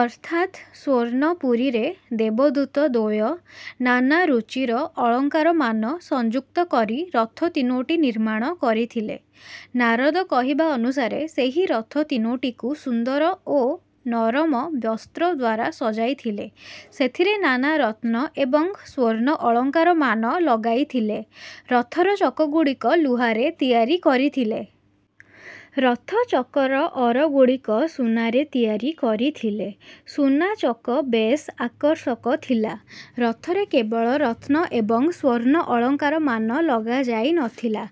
ଅର୍ଥାତ୍ ସ୍ୱର୍ଣ୍ଣପୁରୀରେ ଦେବଦୂତ ଦ୍ୱୟ ନାନା ରୁଚିର ଅଳଙ୍କାରମାନ ସଂଯୁକ୍ତ କରି ରଥ ତିନୋଟି ନିର୍ମାଣ କରିଥିଲେ। ନାରଦ କହିବା ଅନୁସାରେ ସେହି ରଥ ତିନୋଟିକୁ ସୁନ୍ଦର ଓ ନରମ ବସ୍ତ୍ର ଦ୍ୱାରା ସଜାଇଥିଲେ। ସେଥିରେ ନାନା ରତ୍ନ ଏବଂ ସ୍ୱର୍ଣ୍ଣ ଅଳଙ୍କାରମାନ ଲଗାଇଥିଲେ। ରଥର ଚକଗୁଡ଼ିକ ଲୁହାରେ ତିଆରି କରିଥିଲେ। ରଥଚକର ଅରଗୁଡ଼ିକ ସୁନାରେ ତିଆରି କରିଥିଲେ। ସୁନା ଚକ ବେଶ୍ ଆକର୍ଷକ ଥିଲା। ରଥରେ କେବଳ ରତ୍ନ ଏବଂ ସ୍ୱର୍ଣ୍ଣ ଅଳଙ୍କାରମାନ ଲଗାଯାଇ ନ ଥିଲା,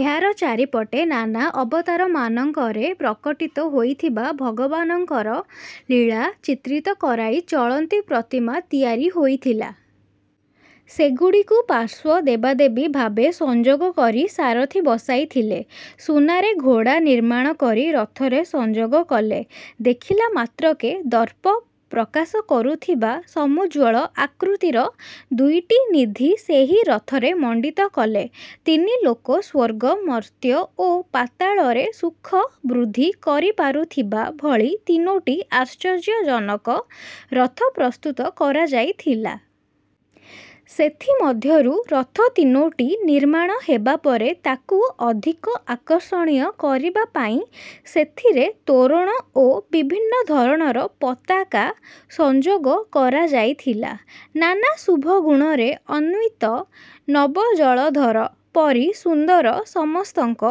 ଏହାର ଚାରିପଟେ ନାନା ଅବତାରମାନଙ୍କରେ ପ୍ରକଟିତ ହୋଇଥିବା ଭଗବାନଙ୍କର ଲୀଳା ଚିତ୍ରିତ କରାଇ ଚଳନ୍ତି ପ୍ରତିମା ତିଆରି ହୋଇଥିଲା। ସେଗୁଡ଼ିକୁ ପାର୍ଶ୍ୱ ଦେବାଦେବୀ ଭାବେ ସଂଯୋଗ କରି ସାରଥି ବସାଇଥିଲେ। ସୁନାରେ ଘୋଡ଼ା ନିର୍ମାଣ କରି ରଥରେ ସଂଯୋଗ କଲେ। ଦେଖିଲା ମାତ୍ରକେ ଦର୍ପ ପ୍ରକାଶ କରୁଥିବା ସମୁଜ୍ଜ୍ୱଳ ଆକୃତିର ଦୁଇଟି ନିଧି ସେହି ରଥରେ ମଣ୍ଡିତ କଲେ। ତିନି ଲୋକ ସ୍ୱର୍ଗ, ମର୍ତ୍ତ୍ୟ ଓ ପାତାଳରେ ସୁଖ ବୃଦ୍ଧି କରିପାରୁଥିବା ଭଳି ତିନୋଟି ଆଶ୍ଚର୍ଯ୍ୟଜନକ ରଥ ପ୍ରସ୍ତୁତ କରାଯାଇଥିଲା। ସେଥିମଧ୍ୟରୁ ରଥ ତିନୋଟି ନିର୍ମାଣ ହେବା ପରେ ତାକୁ ଅଧିକ ଆକର୍ଷଣୀୟ କରିବା ପାଇଁ ସେଥିରେ ତୋରଣ ଓ ବିଭିନ୍ନ ଧରଣର ପତାକା ସଂଯୋଗ କରାଯାଇଥିଲା। ନାନା ଶୁଭଗୁଣରେ ଅନ୍ୱିତ, ନବଜଳଧର ପରି ସୁନ୍ଦର, ସମସ୍ତଙ୍କ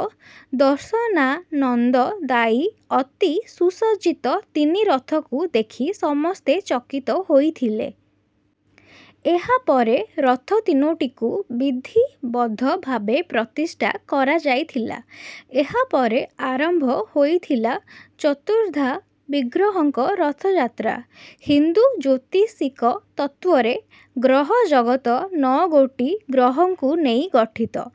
ଦର୍ଶନାନନ୍ଦଦାୟୀ ଅତି ସୁସଜ୍ଜିତ ତିନି ରଥକୁ ଦେଖି ସମସ୍ତେ ଚକିତ ହୋଇଥିଲେ। ଏହା ପରେ ରଥ ତିନୋଟିକୁ ବିଧିବଦ୍ଧ ଭାବେ ପ୍ରତିଷ୍ଠା କରାଯାଇଥିଲା। ଏହା ପରେ ଆରମ୍ଭ ହୋଇଥିଲା ଚତୁର୍ଦ୍ଧାବିଗ୍ରହଙ୍କ ରଥଯାତ୍ରା। ହିନ୍ଦୁ ଜ୍ୟୋତିଷିକ ତତ୍ତ୍ୱରେ ଗ୍ରହଜଗତ ନଅ ଗୋଟି ଗ୍ରହଙ୍କୁ ନେଇ ଗଠିତ,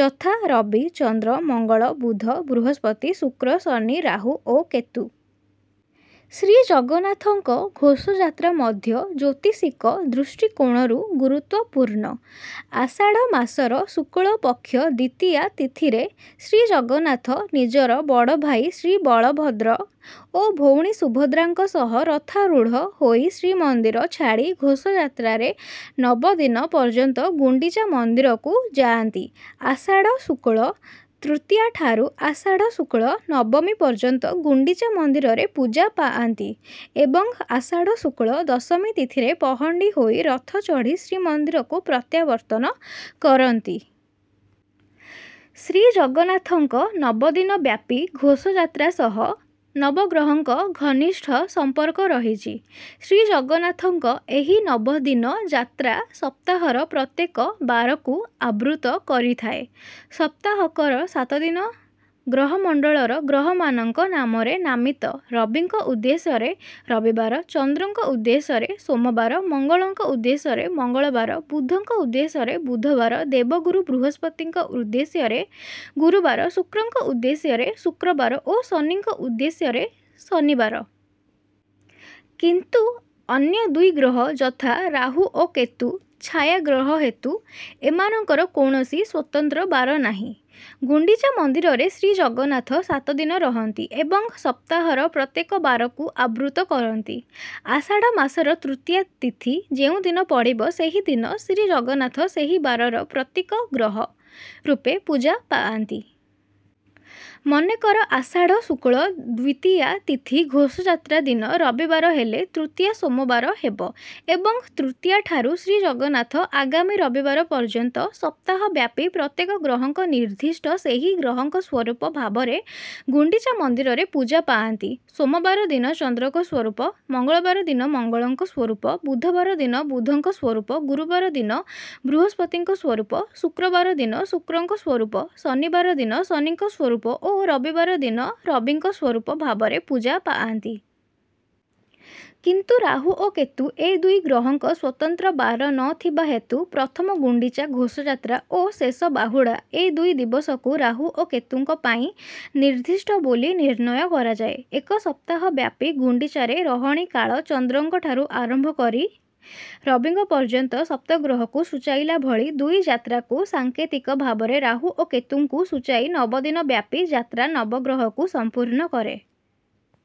ଯଥା ରବି, ଚନ୍ଦ୍ର, ମଙ୍ଗଳ, ବୁଧ, ବୃହସ୍ପତି, ଶୁକ୍ର, ଶନି, ରାହୁ ଓ କେତୁ। ଶ୍ରୀଜଗନ୍ନାଥଙ୍କ ଘୋଷଯାତ୍ରା ମଧ୍ୟ ଜ୍ୟୋତିଷିକ ଦୃଷ୍ଟିକୋଣରୁ ଗୁରୁତ୍ୱପୂର୍ଣ୍ଣ। ଆଷାଢ଼ ମାସର ଶୁକ୍ଳପକ୍ଷ ଦ୍ୱିତୀୟା ତିଥିରେ ଶ୍ରୀଜଗନ୍ନାଥ ନିଜର ବଡ଼ଭାଇ ଶ୍ରୀବଳଭଦ୍ର ଓ ଭଉଣୀ ସୁଭଦ୍ରାଙ୍କ ସହ ରଥାରୂଢ଼ ହୋଇ ଶ୍ରୀମନ୍ଦିର ଛାଡ଼ି ଘୋଷଯାତ୍ରାରେ ନବଦିନ ପର୍ଯ୍ୟନ୍ତ ଗୁଣ୍ଡିଚା ମନ୍ଦିରକୁ ଯାଆନ୍ତି। ଆଷାଢ଼ ଶୁକ୍ଳ ତୃତୀୟାଠାରୁ ଆଷାଢ଼ ଶୁକ୍ଳ ନବମୀ ପର୍ଯ୍ୟନ୍ତ ଗୁଣ୍ଡିଚା ମନ୍ଦିରରେ ପୂଜା ପାଆନ୍ତି ଏବଂ ଆଷାଢ଼ ଶୁକ୍ଳ ଦଶମୀ ତିଥିରେ ପହଣ୍ଡି ହୋଇ ରଥ ଚଢ଼ି ଶ୍ରୀମନ୍ଦିରକୁ ପ୍ରତ୍ୟାବର୍ତ୍ତନ କରନ୍ତି। ଶ୍ରୀଜଗନ୍ନାଥଙ୍କ ନବଦିନବ୍ୟାପୀ ଘୋଷଯାତ୍ରା ସହ ନବଗ୍ରହଙ୍କ ଘନିଷ୍ଠ ସମ୍ପର୍କ ରହିଛି। ଶ୍ରୀଜଗନ୍ନାଥଙ୍କ ଏହି ନବଦିନ ଯାତ୍ରା ସପ୍ତାହର ପ୍ରତ୍ୟେକ ବାରକୁ ଆବୃତ୍ତ କରିଥାଏ। ସପ୍ତାହକର ସାତ ଦିନ ଗ୍ରହମଣ୍ଡଳର ଗ୍ରହମାନଙ୍କ ନାମରେ ନାମିତ ରବିଙ୍କ ଉଦ୍ଦେଶ୍ୟରେ ରବିବାର, ଚନ୍ଦ୍ରଙ୍କ ଉଦ୍ଦେଶ୍ୟରେ ସୋମବାର, ମଙ୍ଗଳଙ୍କ ଉଦ୍ଦେଶ୍ୟରେ ମଙ୍ଗଳବାର, ବୁଧଙ୍କ ଉଦ୍ଦେଶ୍ୟରେ ବୁଧବାର, ଦେବଗୁରୁ ବୃହସ୍ପତିଙ୍କ ଉଦ୍ଦେଶ୍ୟରେ ଗୁରୁବାର, ଶୁକ୍ରଙ୍କ ଉଦ୍ଦେଶ୍ୟରେ ଶୁକ୍ରବାର ଓ ଶନିଙ୍କ ଉଦ୍ଦେଶ୍ୟରେ ଶନିବାର। କିନ୍ତୁ ଅନ୍ୟ ଦୁଇ ଗ୍ରହ, ଯଥା ରାହୁ ଓ କେତୁ ଛାୟାଗ୍ରହ ହେତୁ ଏମାନଙ୍କର କୌଣସି ସ୍ୱତନ୍ତ୍ର ବାର ନାହିଁ। ଗୁଣ୍ଡିଚା ମନ୍ଦିରରେ ଶ୍ରୀଜଗନ୍ନାଥ ସାତ ଦିନ ରହନ୍ତି ଏବଂ ସପ୍ତାହର ପ୍ରତ୍ୟେକ ବାରକୁ ଆବୃତ୍ତ କରନ୍ତି। ଆଷାଢ଼ ମାସର ତୃତୀୟା ତିଥି ଯେଉଁଦିନ ପଡ଼ିବ, ସେହିଦିନ ଶ୍ରୀଜଗନ୍ନାଥ ସେହି ବାରର ପ୍ରତୀକ ଗ୍ରହ ରୂପେ ପୂଜା ପାଆନ୍ତି। ମନେକର ଆଷାଢ଼ ଶୁକ୍ଳ ଦ୍ୱିତୀୟା ତିଥି ଘୋଷଯାତ୍ରା ଦିନ ରବିବାର ହେଲେ, ତୃତୀୟା ସୋମବାର ହେବ ଏବଂ ତୃତୀୟାଠାରୁ ଶ୍ରୀଜଗନ୍ନାଥ ଆଗାମୀ ରବିବାର ପର୍ଯ୍ୟନ୍ତ ସପ୍ତାହବ୍ୟାପୀ ପ୍ରତ୍ୟେକ ଗ୍ରହଙ୍କ ନିର୍ଦ୍ଦିଷ୍ଟ ସେହି ଗ୍ରହଙ୍କ ସ୍ୱରୂପ ଭାବରେ ଗୁଣ୍ଡିଚା ମନ୍ଦିରରେ ପୂଜା ପାଆନ୍ତି। ସୋମବାର ଦିନ ଚନ୍ଦ୍ରଙ୍କ ସ୍ୱରୂପ, ମଙ୍ଗଳବାର ଦିନ ମଙ୍ଗଳଙ୍କ ସ୍ୱରୂପ, ବୁଧବାର ଦିନ ବୁଧଙ୍କ ସ୍ୱରୂପ, ଗୁରୁବାର ଦିନ ବୃହସ୍ପତିଙ୍କ ସ୍ୱରୂପ, ଶୁକ୍ରବାର ଦିନ ଶୁକ୍ରଙ୍କ ସ୍ୱରୂପ, ଶନିବାର ଦିନ ଶନିଙ୍କ ସ୍ୱରୂପ ଓ ରବିବାର ଦିନ ରବିଙ୍କ ସ୍ୱରୂପ ଭାବରେ ପୂଜା ପାଆନ୍ତି। କିନ୍ତୁ ରାହୁ ଓ କେତୁ ଏ ଦୁଇ ଗ୍ରହଙ୍କ ସ୍ୱତନ୍ତ୍ର ବାର ନ ଥିବା ହେତୁ ପ୍ରଥମ ଗୁଣ୍ଡିଚା ଘୋଷଯାତ୍ରା ଓ ଶେଷ ବାହୁଡ଼ା, ଏ ଦୁଇ ଦିବସକୁ ରାହୁ ଓ କେତୁଙ୍କ ପାଇଁ ନିର୍ଦ୍ଦିଷ୍ଟ ବୋଲି ନିର୍ଣ୍ଣୟ କରାଯାଏ। ଏକ ସପ୍ତାହବ୍ୟାପୀ ଗୁଣ୍ଡିଚାରେ ରହଣି କାଳ ଚନ୍ଦ୍ରଙ୍କଠାରୁ ଆରମ୍ଭ କରି ରବିଙ୍କ ପର୍ଯ୍ୟନ୍ତ ସପ୍ତଗ୍ରହକୁ ସୂଚାଇଲା ଭଳି ଦୁଇ ଯାତ୍ରାକୁ ସାଙ୍କେତିକ ଭାବରେ ରାହୁ ଓ କେତୁଙ୍କୁ ସୂଚାଇ ନବଦିନବ୍ୟାପୀ ଯାତ୍ରା ନବଗ୍ରହକୁ ସମ୍ପୂର୍ଣ୍ଣ କରେ।